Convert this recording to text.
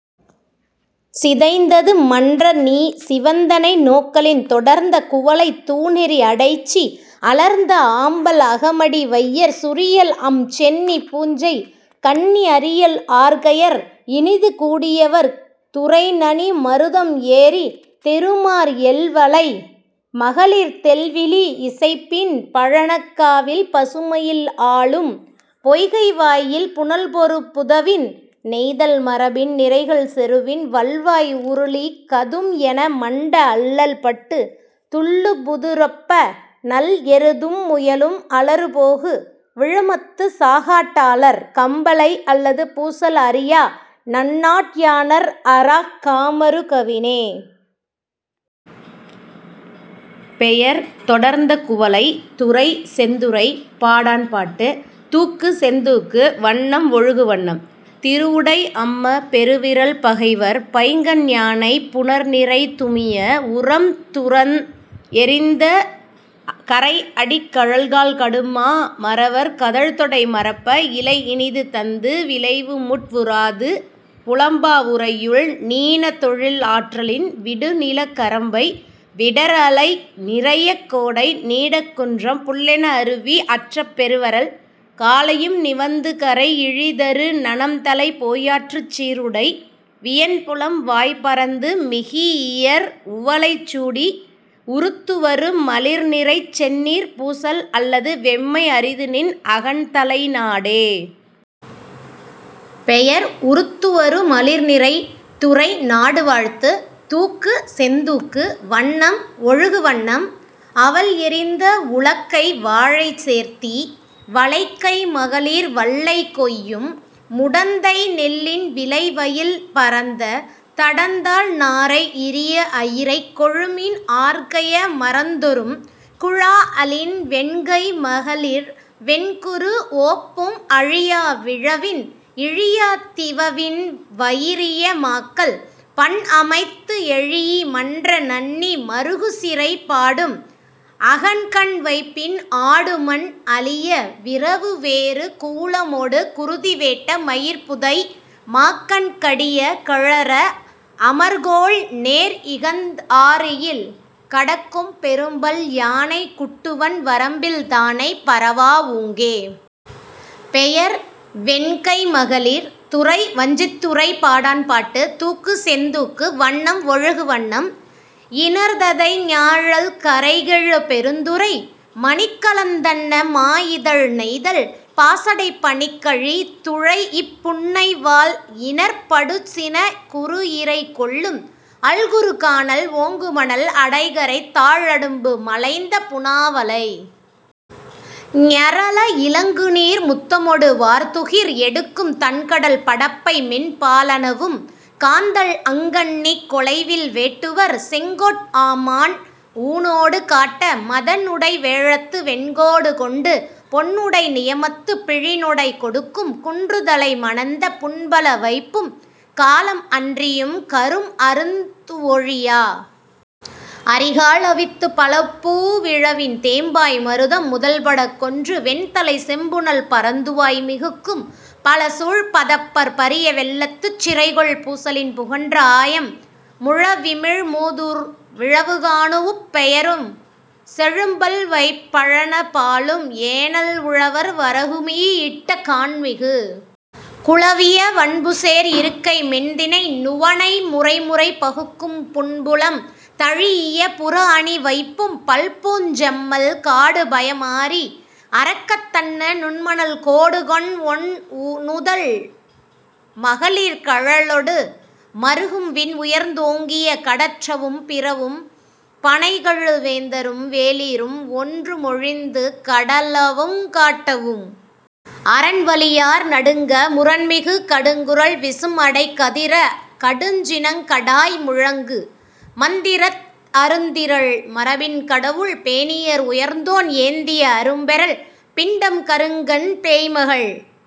சிதைந்தது மன்றநீ சிவந்தனை நோக்கலின் தொடர்ந்த குவளைத் தூநெறி அடைச்சி அலர்ந்த ஆம்பல் அகமடி வையர் சுரியல்அம் சென்னிப் பூஞ்செய் கண்ணி அரியல் ஆர்கையர் இனிதுகூ டியவர் துறைநணி மருதம் ஏறித் தெறுமார் எல்வளை மகளிர் தெள்விளி இசைப்பின் பழனக் காவில் பசுமயில் ஆலும் பொய்கை வாயில் புனல்பொரு புதவின் நெய்தல் மரபின் நிரைகள் செறுவின் வல்வாய் உருளி கதும்என மண்ட அள்ளல் பட்டுத் துள்ளூபு துரப்ப நல்எருதும் முயலும் அளறுபோகு விழுமத்துச் சாகாட் டாளர் கம்பலை அல்லது பூசல் அறியா நன்னாட் யாணர் அறாஅக் காமரு கவினே. பெயர் தொடர்ந்த குவளை துறை செந்துறைப் பாடாண்பாட்டு தூக்கு செந்தூக்கு வண்ணம் ஒழுகு வண்ணம் திருவுடைத் அம்ம பெருவிறல் பகைவர் பைங்கண் யானைப் புணர்நிரை துமிய உரம்துரந் எறிந்த கறைஅடிக் கழல்கால் கடுமா மறவர் கதழ்தொடை மறப்ப இளைஇனிது தந்து விளைவுமுட் உறாது புலம்பா உறையுள் நீணதொழில் ஆற்றலின் விடுநிலக் கரம்பை விடர்அளை நிறையக் கோடை நீடக் குன்றம் புல்லென அருவி அற்ற பெருவறல் காலையும் நிவந்துகரை இழிதரு நனம்தலைப் போயாற்றுச் சீர்உடை வியன்புலம் வாய்பரந்து மிகீஇயர் உவலை சூடி உருத்துவரு மலிர்நிறைச் செந்நீர்ப் பூசல் அல்லது வெம்மை அரிதுநின் அகன்தலை நாடே. பெயர் உருத்துவரு மலிர்நிறை துறை நாடுவாழ்த்து தூக்கு செந்தூக்கு வண்ணம் ஒழுகு வண்ணம் அவல்எறிந்த உலக்கை வாழைச் சேர்த்தி வளைக்கை மகளிர் வள்ளை கொய்யும் முடந்தை நெல்லின் விளைவயல் பரந்த தடந்தாள் நாரை இரிய அயிரைக் கொழுமீன் ஆர்கைய மரந்தொறும் குழாஅலின் வெண்கை மகளிர் வெண்குரு ஓப்பும் அழியா விழவின் இழியாத் திவவின் வயிரிய மாக்கள் பண்அமைத் எழீஇ மன்ற நண்ணி மறுகுசிறை பாடும் அகன்கண் வைப்பின் ஆடுமன் அளிய விரவுவேறு கூலமொடு குருதி வேட்ட மயிர்புதை மாக்கண் கடிய கழற அமர்கோள் நேர்இகந் ஆர்எயில் கடக்கும் பெரும்பல் யானைக் குட்டுவன் வரம்பில் தானை பரவா ஊங்கே. பெயர் வெண்கை மகளிர் துறை வஞ்சித்துறைப்பாடாண்பாட்டு தூக்கு செந்தூக்கு வண்ணம் ஒழுகு வண்ணம் இணர்ததை ஞாழல் கரைகெழு பெருந்துறை மணிக்கலத் தன்ன மாஇதழ் நெய்தல் பாசடைப் பனிக்கழி துழைஇப் புன்னை வால்இணர்ப் படுசினக் குருஇறை கொள்ளும் அல்குறு கானல் ஓங்குமணல் அடைகரை தாழ்அடும்பு மலைந்த புணாவளை ஞரல இலங்குநீர் முத்தமொடு வார்துகிர் எடுக்கும் தண்கடல் படப்பை மென்பா லனவும் காந்தள்அங் கண்ணிக் கொலைவில் வேட்டுவர் செங்கோட் ஆமான் ஊனொடு காட்ட மதன்உடை வேழத்து வெண்கோடு கொண்டு பொன்உடை நியமத்துப் பிழிநொடை கொடுக்கும் குன்றுதலை மணந்த புன்புல வைப்பும் காலம் அன்றியும் கரும்அறுத் ஒழியா அரிகால் அவித்துப் பலபூ விழவின் தேம்பாய் மருதம் முதல்படக் கொன்று வெண்தலைச் செம்புனல் பரந்துவாய் மிகுக்கும் பலசூழ் பதப்பர் பரிய வெள்ளத்துச் சிறைகொள் பூசலின் புகன்ற ஆயம் முழவிமிழ் மூதூர் விழவுக்காணூஉப் பெயரும் செழும்பல் வைப்பி பழனப் பாலும் ஏனல் உழவர் வரகுமீ இட்ட கான்மிகு குளவிய வன்புசேர் இருக்கை மென்தினை நுவணை முறைமுறை பகுக்கும் புன்புலம் தழீஇய புறஅணி வைப்பும் பல்பூஞ் செம்மல் காடுபயம் மாறி அரக்கத் தன்ன நுண்மணல் கோடுகொண் ஒண்நுதல் மகளிர் கழலொடு மறுகும் விண்உயர்ந் ஓங்கிய கடற்றவும் பிறவும் பணைகெழு வேந்தரும் வேளிரும்ஒன்று மொழிந்து கடலவுங் காட்டவும் அரண்வலியார் நடுங்க முரண்மிகு கடுங்குரல் விசும்அடை அதிரக் கடுஞ்சினங் கடாஅய் முழங்கு மந்திரத் அருந்திறல் மரபின் கடவுள் பேணியர் உயர்ந்தோன் ஏந்திய அரும்பெறல் பிண்டம் கருங்கண் பேய்மகள்